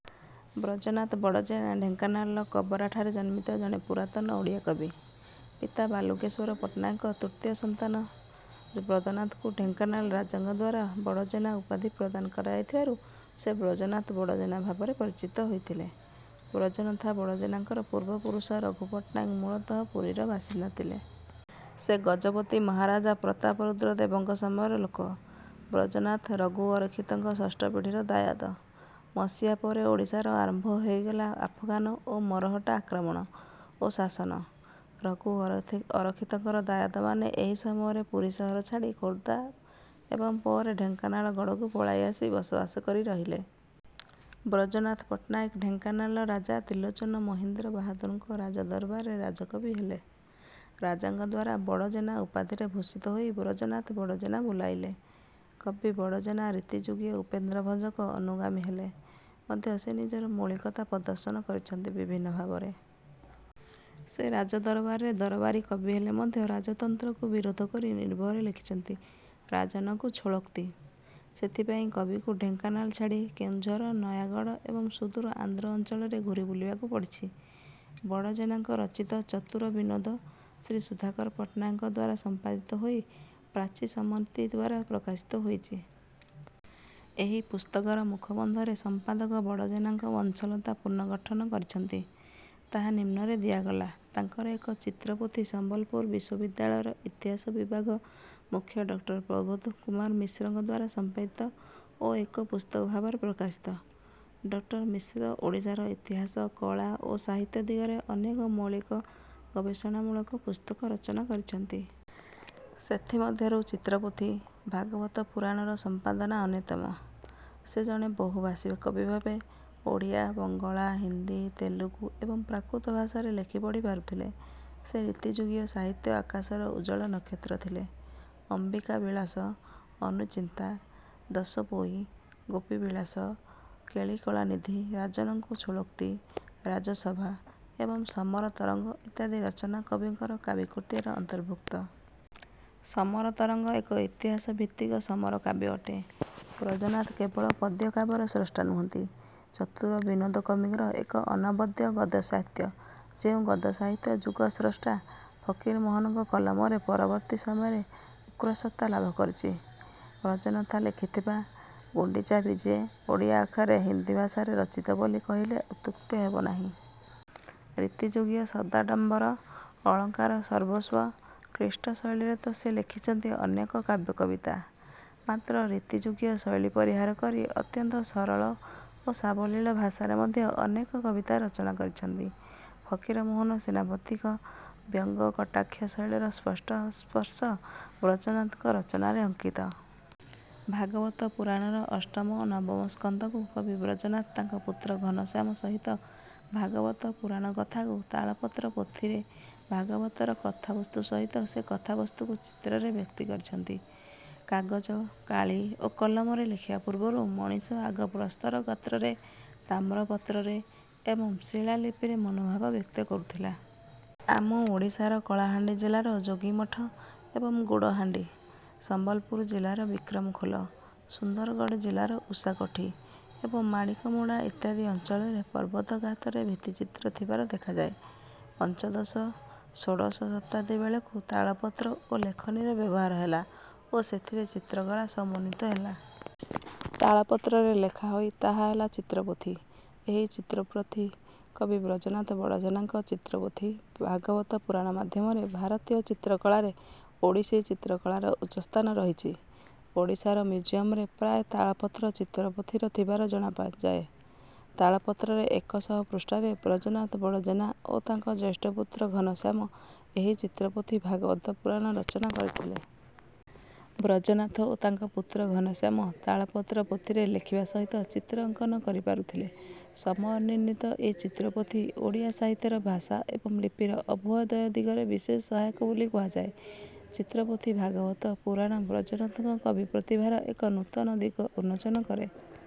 ବ୍ରଜନାଥ ବଡ଼ଜେନା ଢେଙ୍କାନାଳର କବରାଠାରେ ଜନ୍ମିତ ଜଣେ ପୁରାତନ ଓଡ଼ିଆ କବି। ପିତା ବାଲୁକେଶ୍ୱର ପଟ୍ଟନାୟକଙ୍କ ତୃତୀୟ ସନ୍ତାନ ବ୍ରଜନାଥଙ୍କୁ ଢେଙ୍କାନାଳ ରାଜାଙ୍କଦ୍ୱାରା ବଡ଼ଜେନା ଉପାଧି ପ୍ରଦାନ କରାଯାଇଥିବାରୁ, ସେ ବ୍ରଜନାଥ ବଡ଼ଜେନା ଭାବରେ ପରିଚିତ ହୋଇଥିଲେ। ବ୍ରଜନାଥ ବଡ଼ଜେନା ଙ୍କର ପୂର୍ବ ପୁରୁଷ ରଘୁ ପଟ୍ଟନାୟକ ମୂଳତଃ ପୁରୀର ବାସିନ୍ଦା ଥିଲେ। ସେ ଗଜପତି ମହାରାଜା ପ୍ରତାପରୁଦ୍ର ଦେବଙ୍କ ସମୟର ଲୋକ। ବ୍ରଜନାଥ, ରଘୁ ଅରକ୍ଷିତଙ୍କର ଷଷ୍ଠ ପିଢିର ଦାୟାଦ। ମସିହା ପରେ ଓଡ଼ିଶାରେ ଆରମ୍ଭ ହୋଇଗଲା ଆଫଗାନ ଓ ମରହଟ୍ଟା ଆକ୍ରମଣ ଓ ଶାସନ। ରଘୁ ଅରକ୍ଷିତଙ୍କର ଦାୟାଦମାନେ ଏହି ସମୟରେ ପୁରୀ ସହର ଛାଡ଼ି ଖୋର୍ଦ୍ଧା ଏବଂ ପରେ ଢେଙ୍କାନାଳଗଡ଼କୁ ପଳାଇ ଆସି ବସବାସ କରି ରହିଲେ। ବ୍ରଜନାଥ ପଟ୍ଟନାୟକ ଢେଙ୍କାନାଳର ରାଜା ତ୍ରିଲୋଚନ ମହୀନ୍ଦ୍ର ବାହାଦୁରଙ୍କ ରାଜ ଦରବାରର ରାଜକବି ହେଲେ। ରାଜାଙ୍କଦ୍ୱାରା 'ବଡ଼ଜେନା' ଉପାଧିରେ ଭୂଷିତ ହୋଇ ବ୍ରଜନାଥ ବଡ଼ଜେନା ବୋଲାଇଲେ। କବି ବଡଜେନା ରୀତିଯୁଗୀୟ ଉପେନ୍ଦ୍ର ଭଞ୍ଜଙ୍କ ଅନୁଗାମୀ ହେଲେ ମଧ୍ୟ ସେ ନିଜର ମୌଳିକତା ପ୍ରଦର୍ଶନ କରିଛନ୍ତି ବିଭିନ୍ନ ଭାବରେ। ସେ ରାଜ ଦରବାରର ଦରବାରୀ କବି ହେଲେ ମଧ୍ୟ ରାଜତନ୍ତ୍ରକୁ ବିରୋଧ କରି ନିର୍ଭୟରେ ଲେଖିଛନ୍ତି 'ରାଜନଙ୍କୁ ଛଳୋକ୍ତି'। ସେଥିପାଇଁ କବିଙ୍କୁ ଢେଙ୍କାନାଳ ଛାଡ଼ି କେନ୍ଦୁଝର, ନୟାଗଡ଼ ଏବଂ ସୁଦୂର ଆନ୍ଧ୍ର ଅଞ୍ଚଳରେ ଘୂରି ବୁଲିବାକୁ ପଡ଼ିଛି। ବଡ଼ଜେନାଙ୍କ ରଚିତ ଚତୁରବିନୋଦ ଶ୍ରୀ ସୁଧାକର ପଟ୍ଟନାୟକଙ୍କଦ୍ୱାରା ସମ୍ପାଦିତ ହୋଇ ପ୍ରାଚୀ ସମିତିଦ୍ୱାରା ପ୍ରକାଶିତ ହୋଇଛି। ଏହି ପୁସ୍ତକର ମୁଖବନ୍ଧରେ ସମ୍ପାଦକ ବଡ଼ଜେନାଙ୍କ ବଂଶଲତା ପୁନର୍ଗଠନ କରିଛନ୍ତି। ତାହା ନିମ୍ନରେ ଦିଆଗଲା। ତାଙ୍କର ଏକ ଚିତ୍ରପୋଥି ସମ୍ବଲପୁର ବିଶ୍ୱବିଦ୍ୟାଳୟର ଇତିହାସ ବିଭାଗ ମୁଖ୍ୟ ଡଃ ପ୍ରବୋଧ କୁମାର ମିଶ୍ରଙ୍କଦ୍ୱାରା ସମ୍ପାଦିତ ଓ ଏକ ପୁସ୍ତକଭାବରେ ପ୍ରକାଶିତ। ଡଃ ମିଶ୍ର ଓଡ଼ିଶାର ଇତିହାସ, କଳା ଓ ସାହିତ୍ୟ ଦିଗରେ ଅନେକ ମୌଳିକ ଗବେଷଣାମୂଳକ ପୁସ୍ତକ ରଚନା କରିଛନ୍ତି। ସେଥି ମଧ୍ୟରୁ ଚିତ୍ରପୋଥି-ଭାଗବତ ପୁରାଣର ସମ୍ପାଦନା ଅନ୍ୟତମ। ସେ ଜଣେ ବହୁ ଭାଷୀ କବି ଭାବେ ଓଡ଼ିଆ, ବଙ୍ଗଳା, ହିନ୍ଦୀ, ତେଲୁଗୁ ଏବଂ ପ୍ରାକୃତ ଭାଷାରେ ଲେଖି ପଢ଼ି ପାରୁଥିଲେ। ସେ ରୀତିଯୁଗୀୟ ସାହିତ୍ୟ ଆକାଶର ଉଜ୍ଜ୍ୱଳ ନକ୍ଷତ୍ର ଥିଲେ। ଅମ୍ବିକା ବିଳାସ, ଅନୁଚିନ୍ତା, ଦଶପୋଇ, ଗୋପୀ ବିଳାସ, କେଳି କଳାନିଧି, ରାଜନଙ୍କୁ ଛଳୋକ୍ତି, ରାଜସଭା ଏବଂ ସମର ତରଙ୍ଗ ଇତ୍ୟାଦି ରଚନା କବିଙ୍କର କାବ୍ୟକୃତିର ଅନ୍ତର୍ଭୁକ୍ତ। ସମର ତରଙ୍ଗ ଏକ ଇତିହାସଭିତ୍ତିକ ସମର କାବ୍ୟ ଅଟେ। ବ୍ରଜନାଥ କେବଳ ପଦ୍ୟକାବ୍ୟର ସ୍ରଷ୍ଟା ନୁହଁନ୍ତି, ଚତୁର ବିନୋଦ କବିଙ୍କର ଏକ ଅନବଦ୍ୟ ଗଦ୍ୟସାହିତ୍ୟ, ଯେଉଁ ଗଦ୍ୟସାହିତ୍ୟ ଯୁଗସ୍ରଷ୍ଟା ଫକିରମୋହନଙ୍କ କଲମରେ ପରବର୍ତ୍ତୀ ସମୟରେ ଉକ୍ରର୍ଷତା ଲାଭ କରିଛି। ବ୍ରଜନାଥ ଲେଖିଥିବା 'ଗୁଣ୍ଡିଚା ବିଜେ' ଓଡ଼ିଆ ଅକ୍ଷରରେ ହିନ୍ଦୀ ଭାଷାରେ ରଚିତ ବୋଲି କହିଲେ ଅତ୍ୟୁକ୍ତି ହେବ ନାହିଁ। ରୀତିଯୁଗୀୟ ଶବ୍ଦାଡମ୍ବର, ଅଳଙ୍କାର-ସର୍ବସ୍ୱ, କ୍ଳିଷ୍ଟ ଶୈଳୀରେ ତ ସେ ଲେଖିଛନ୍ତି ଅନେକ କାବ୍ୟ କବିତା; ମାତ୍ର ରୀତିଯୁଗୀୟ ଶୈଳୀ ପରିହାର କରି ଅତ୍ୟନ୍ତ ସରଳ ଓ ସାବଲୀଳ ଭାଷାରେ ମଧ୍ୟ ଅନେକ କବିତା ରଚନା କରିଛନ୍ତି। ଫକିରମୋହନ ସେନାପତିଙ୍କ ବ୍ୟଙ୍ଗ-କଟାକ୍ଷ ଶୈଳୀର ସ୍ପଷ୍ଟ ସ୍ପର୍ଶ ବ୍ରଜନାଥଙ୍କ ରଚନାରେ ଅଙ୍କିତ। ଭାଗବତ ପୁରାଣର ଅଷ୍ଟମ ଓ ନବମ ସ୍କନ୍ଧକୁ କବି ବ୍ରଜନାଥ ତାଙ୍କ ପୁତ୍ର ଘନଶ୍ୟାମ ସହିତ ଭାଗବତ ପୁରାଣ କଥାକୁ ତାଳପତ୍ର ପୋଥିରେ ଭାଗବତର କଥାବସ୍ତୁ ସହିତ ସେ କଥାବସ୍ତୁକୁ ଚିତ୍ରରେ ବ୍ୟକ୍ତ କରିଛନ୍ତି। କାଗଜ, କାଳି ଓ କଲମରେ ଲେଖିବା ପୂର୍ବରୁ ମଣିଷ ଆଗ ପ୍ରସ୍ତରଗାତ୍ରରେ, ତାମ୍ରପତ୍ରରେ ଏବଂ ଶିଳାଲିପିରେ ମନୋଭାବ ବ୍ୟକ୍ତ କରୁଥିଲା। ଆମ ଓଡ଼ିଶାର କଳାହାଣ୍ଡି ଜିଲାର ଯୋଗୀମଠ ଏବଂ ଗୁଡ଼ହାଣ୍ଡି, ସମ୍ବଲପୁର ଜିଲାର ବିକ୍ରମଖୋଲ, ସୁନ୍ଦରଗଡ଼ ଜିଲାର ଉଷାକୋଠି ଏବଂ ମାଣିକମୋଡ଼ା ଇତ୍ୟାଦି ଅଞ୍ଚଳରେ ପର୍ବତ ଗାତ୍ରରେ ଭିତ୍ତିଚିତ୍ର ଥିବାର ଦେଖାଯାଏ। ପଞ୍ଚଦଶ-ଷୋଡ଼ଶ ଶତାବ୍ଦୀବେଳକୁ ତାଳପତ୍ର ଓ ଲେଖନୀର ବ୍ୟବହାର ହେଲା ଓ ସେଥିରେ ଚିତ୍ରକଳା ସମନ୍ୱିତ ହେଲା। ତାଳପତ୍ରରେ ଲେଖାହୋଇ ତାହା ହେଲା ଚିତ୍ରପୋଥି। ଏହି ଚିତ୍ରପୋଥି କବି ବ୍ରଜନାଥ ବଡ଼ଜେନାଙ୍କ ଚିତ୍ରପୋଥି 'ଭାଗବତ ପୁରାଣ' ମାଧ୍ୟମରେ ଭାରତୀୟ ଚିତ୍ରକଳାରେ ଓଡ଼ିଶୀ ଚିତ୍ରକଳାର ଉଚ୍ଚସ୍ଥାନ ରହିଛି।। ଓଡ଼ିଶାର ମ୍ୟୁଜିୟମରେ ପ୍ରାୟ ତାଳପତ୍ର ଚିତ୍ରପୋଥିର ଥିବାର ଜଣାଯାଏ।। ତାଳପତ୍ରରେ ଏକ ଶହ ପୃଷ୍ଠାରେ ବ୍ରଜନାଥ ବଡ଼ଜେନା ଓ ତାଙ୍କ ଜ୍ୟେଷ୍ଠପୁତ୍ର ଘନଶ୍ୟାମ ଏହି ଚିତ୍ରପୋଥି ଭାଗବତ ପୁରାଣ ରଚନା କରିଥିଲେ। ବ୍ରଜନାଥ ଓ ତାଙ୍କ ପୁତ୍ର ଘନଶ୍ୟାମ ତାଳପତ୍ର ପୋଥିରେ ଲେଖିବା ସହିତ ଚିତ୍ର ଅଙ୍କନ କରି ପାରୁଥିଲେ। ସମୟ ନିର୍ଣ୍ଣିତ ଏହି ଚିତ୍ରପୋଥି ଓଡ଼ିଆ ସାହିତ୍ୟର ଭାଷା ଏବଂ ଲିପିର ଅଭୁ୍ୟଦୟ ଦିଗରେ ବିଶେଷ ସହାୟକ ବୋଲି କୁହାଯାଏ। ଚିତ୍ରପୋଥି -ଭାଗବତ ପୁରାଣ ବ୍ରଜନାଥଙ୍କ କବି ପ୍ରତିଭାର ଏକ ନୂତନ ଦିଗ ଉନ୍ମୋଚନ କରେ।।